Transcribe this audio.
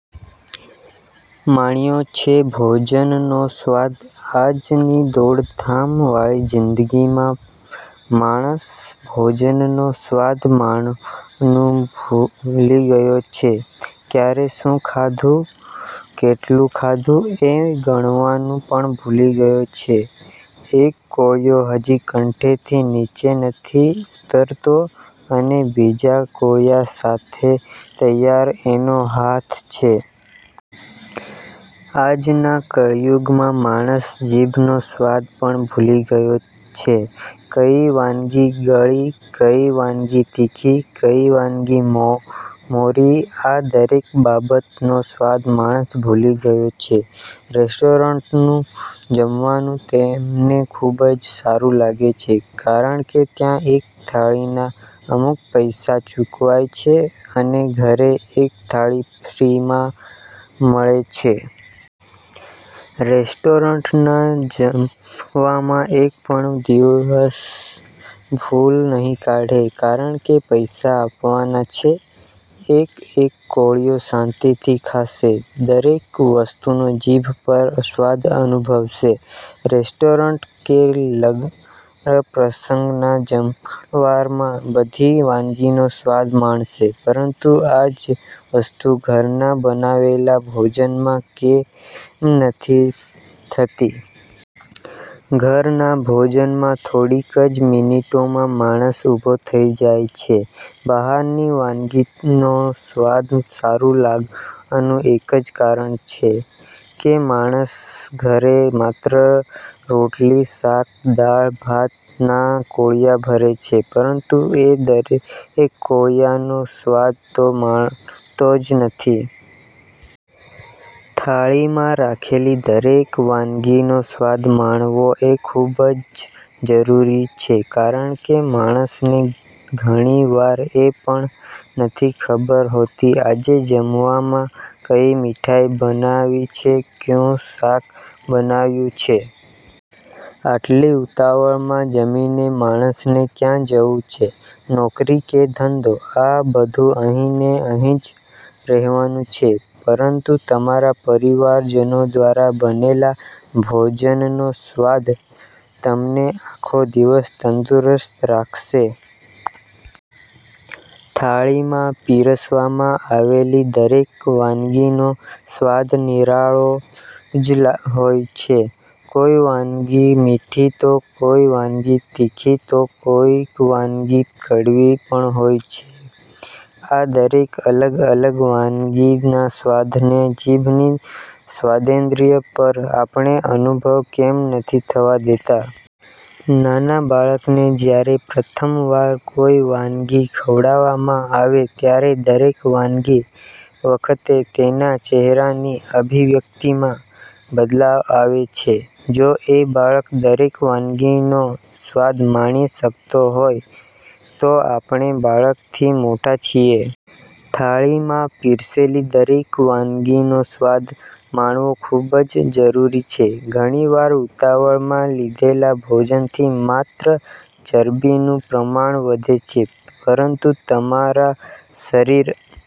માણ્યો છે ભોજન નો સ્વાદ? આજ ની દોડધામ વાળી જિંદગી માં માણસ ભોજન નો સ્વાદ માણવાનું ભૂલી ગયો છે, ક્યારે શું ખાધું? કેટલું ખાધું? એ ગણવાનું પણ ભૂલી ગયો છે, એક કોળિયો હજી કંઠે થી નીચે નથી ઉતરતો અને બીજા કોળિયા સાથે તૈયાર એનો હાથ છે. આજ ના કળિયુગ માં માણસ જીભ નો સ્વાદ પણ ભૂલી ગયો છે. કઈ વાનગી ગળી? કઈ વાનગી તીખી? કઈ વાનગી મોરી? આ દરેક બાબત નો સ્વાદ માણસ ભૂલી ગયો છે. રેસ્ટોરન્ટ નું જમવાનું તેમને ખુબ જ સારું લાગે છે, કારણ કે ત્યાં એક થાળી ના અમુક પૈસા ચૂકવાય છે અને ઘરે એક થાળી ફ્રી માં મળે છે. રેસ્ટોરન્ટ ના જમવામાં એક પણ દિવસ ભૂલ નહિ કાઢે કારણકે પૈસા આપવાના છે, એક એક કોળિયો શાંતિ થી ખાશે, દરેક વસ્તુ નો જીભ પર સ્વાદ અનુભવશે. રેસ્ટોરન્ટ કે લગ્ન પ્રસંગ ના જમણવાર માં બધી વાનગી નો સ્વાદ માણશે, પરંતુ આ જ વસ્તુ ઘર ના બનાવેલા ભોજન માં કેમ નથી થતી? ઘર ના ભોજન માં થોડીક જ મિનિટો માં માણસ ઉભો થઇ જાય છે. બહાર ની વાનગી નો સ્વાદ સારું લાગવાનું એક જ કારણ છે કે માણસ ઘરે માત્ર રોટલી શાક દાળ ભાત ના કોળિયા ભરે છે પરંતુ એ દરેક કોળિયા નો સ્વાદ તો માણતો જ નથી. થાળી માં રાખેલી દરેક વાનગી નો સ્વાદ માણવો એ ખુબ જ જરૂરી છે કારણ કે માણસને ઘણી વાર એ પણ નથી ખબર હોતી આજે જમવામાં કઈ મીઠાઈ બનાવી છે? કયું શાક બનાવ્યું છે? આટલી ઉતાવળ માં જમીને માણસ ને ક્યાં જવું છે? નોકરી કે ધંધો? આ બધું અહીં ને અહીં જ રહેવાનું છે પરંતુ તમારા પરિવાર જનો દ્વારા બનેલા ભોજનનો સ્વાદ તમને આખો દિવસ તંદુરસ્ત રાખશે.. થાળી માં પીરસવામાં આવેલી દરેક વાનગી નો સ્વાદ નિરાળો જ હોય છે, કોઈ વાનગી મીઠી, તો કોઈક વાનગી તીખી તો કોઈક વાનગી કડવી પણ હોય છે. આ દરેક અલગ અલગ વાનગી ના સ્વાદ ને જીભ ની સ્વાદેન્દ્રિય પર આપણે અનુભવ કેમ નથી થવા દેતા? નાના બાળક ને જયારે પ્રથમ વાર કોઈ વાનગી ખવડાવામાં આવે ત્યારે દરેક વાનગી વખતે તેના ચેહરા ની અભિવ્યક્તિ માં બદલાવ આવે છે, જો એ બાળક દરેક વાનગી નો સ્વાદ માણી શકતો હોય, તો આપણે બાળક થી મોટા છીએ? થાળી માં પીરસેલી દરેક વાનગી નો સ્વાદ માણવો ખુબ જ જરૂરી છે. ઘણી વાર ઉતાવળ માં લીધેલા ભોજન થી માત્ર ચરબી નું પ્રમાણ વધે છે પરંતુ તમારા શરીર